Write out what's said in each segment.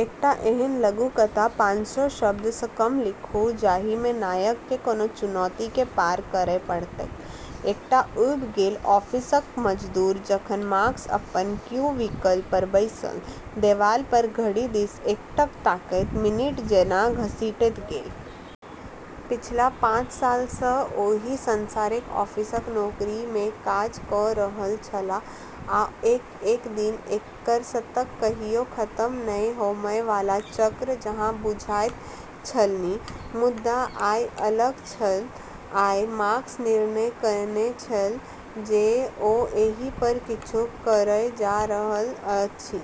एकटा एहन लघुकथा पानसौ शब्द सँ कम लिखू जाहि मे नायक केँ कोनो चुनौती केँ पार करय पड़तैक, एकटा ऊब गेल ऑफिसक मजदूर जखन मार्कस अपन क्यूबिकल पर बैसल, देबाल पर घड़ी दिस एकटक तकैत, मिनट जेना घसीटैत गेल। पिछला पाँच साल सॅं ओही सांसारिक ऑफिसक नौकरी मे काज क रहल छलाह आ एक-एक दिन एकरसताक कहियो खत्म नहि होमय बला चक्र जकाँ बुझाइत छलनि। मुदा आइ अलग छल, आइ मार्कस निर्णय कएने छल जे ओ एहि पर किछु करय जा रहल अछि।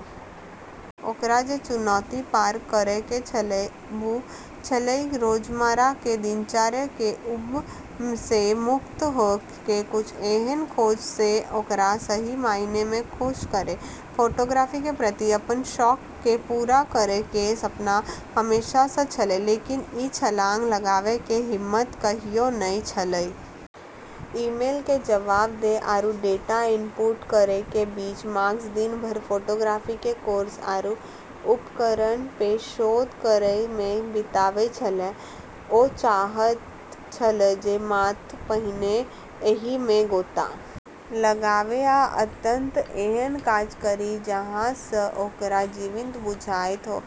ओकरा जे चुनौती पार करै के छेलै, वू छेलै कि रोजमर्रा के दिनचर्या के ऊब सें मुक्त होय के कुछ ऐसनऽ खोजै जे ओकरा सही मायने में खुश करै। फोटोग्राफी के प्रति अपनऽ शौक के पूरा करै के सपना हमेशा स॑ छेलै, लेकिन ई छलांग लगाबै के हिम्मत कहियो नै छेलै। ईमेल के जवाब दै आरू डाटा इनपुट करै के बीच मार्कस दिन भर फोटोग्राफी के कोर्स आरू उपकरणऽ पे शोध करै मे बिताबै छेलै। ओ चाहैत छल जे माथ पहिने एहि मे गोता लगाबी आ अंतत एहन काज करी जाहि सँ ओकरा जीवित बुझाइत हो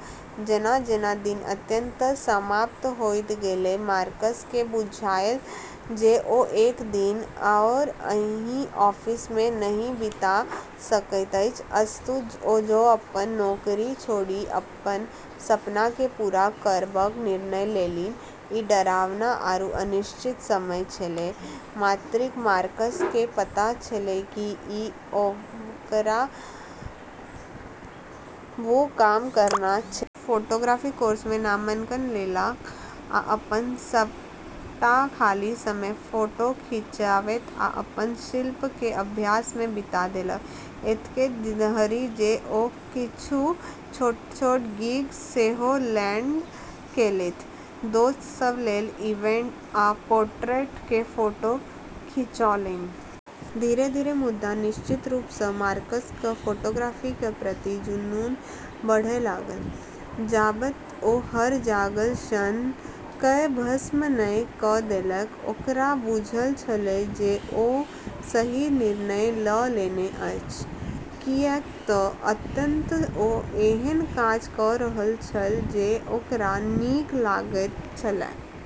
जेना-जेना दिन अंततः समाप्त होइत गेलै, मार्कस के बुझायल जे ओ एक दिन आओर ओहि ऑफिस मे नहि बिता सकैत अछि, अस्तु ओ अपन नौकरी छोड़ि अपन सपना के पूरा करबाक निर्णय लेलनि, ई डरावना आरू अनिश्चित समय छेलै, मतरकि मार्कस के पता छेलै कि ई ओकरा वू काम करना छै। फोटोग्राफी कोर्स में नामांकन लेलक आ अपन सबटा खाली समय फोटो खिंचबैत आ अपन शिल्प के अभ्यास में बिता देलक, एतेक धरि जे ओ किछु छोट-छोट गिग सेहो लैंड केलथि, दोस्त सब लेल इवेंट आ पोट्रेट के फोटो खिंचौलनि। धीरे-धीरे मुदा निश्चित रूप स मार्कस क फोटोग्राफी क प्रति जुनून बढ़य लागल, जाबत ओ हर जागल क्षण कए भस्म नहि क देलक। ओकरा बुझल छलैक जे ओ सही निर्णय ल लेने अछि, किएक त अंततः ओ एहन काज क रहल छल जे ओकरा नीक लगैत छलैक।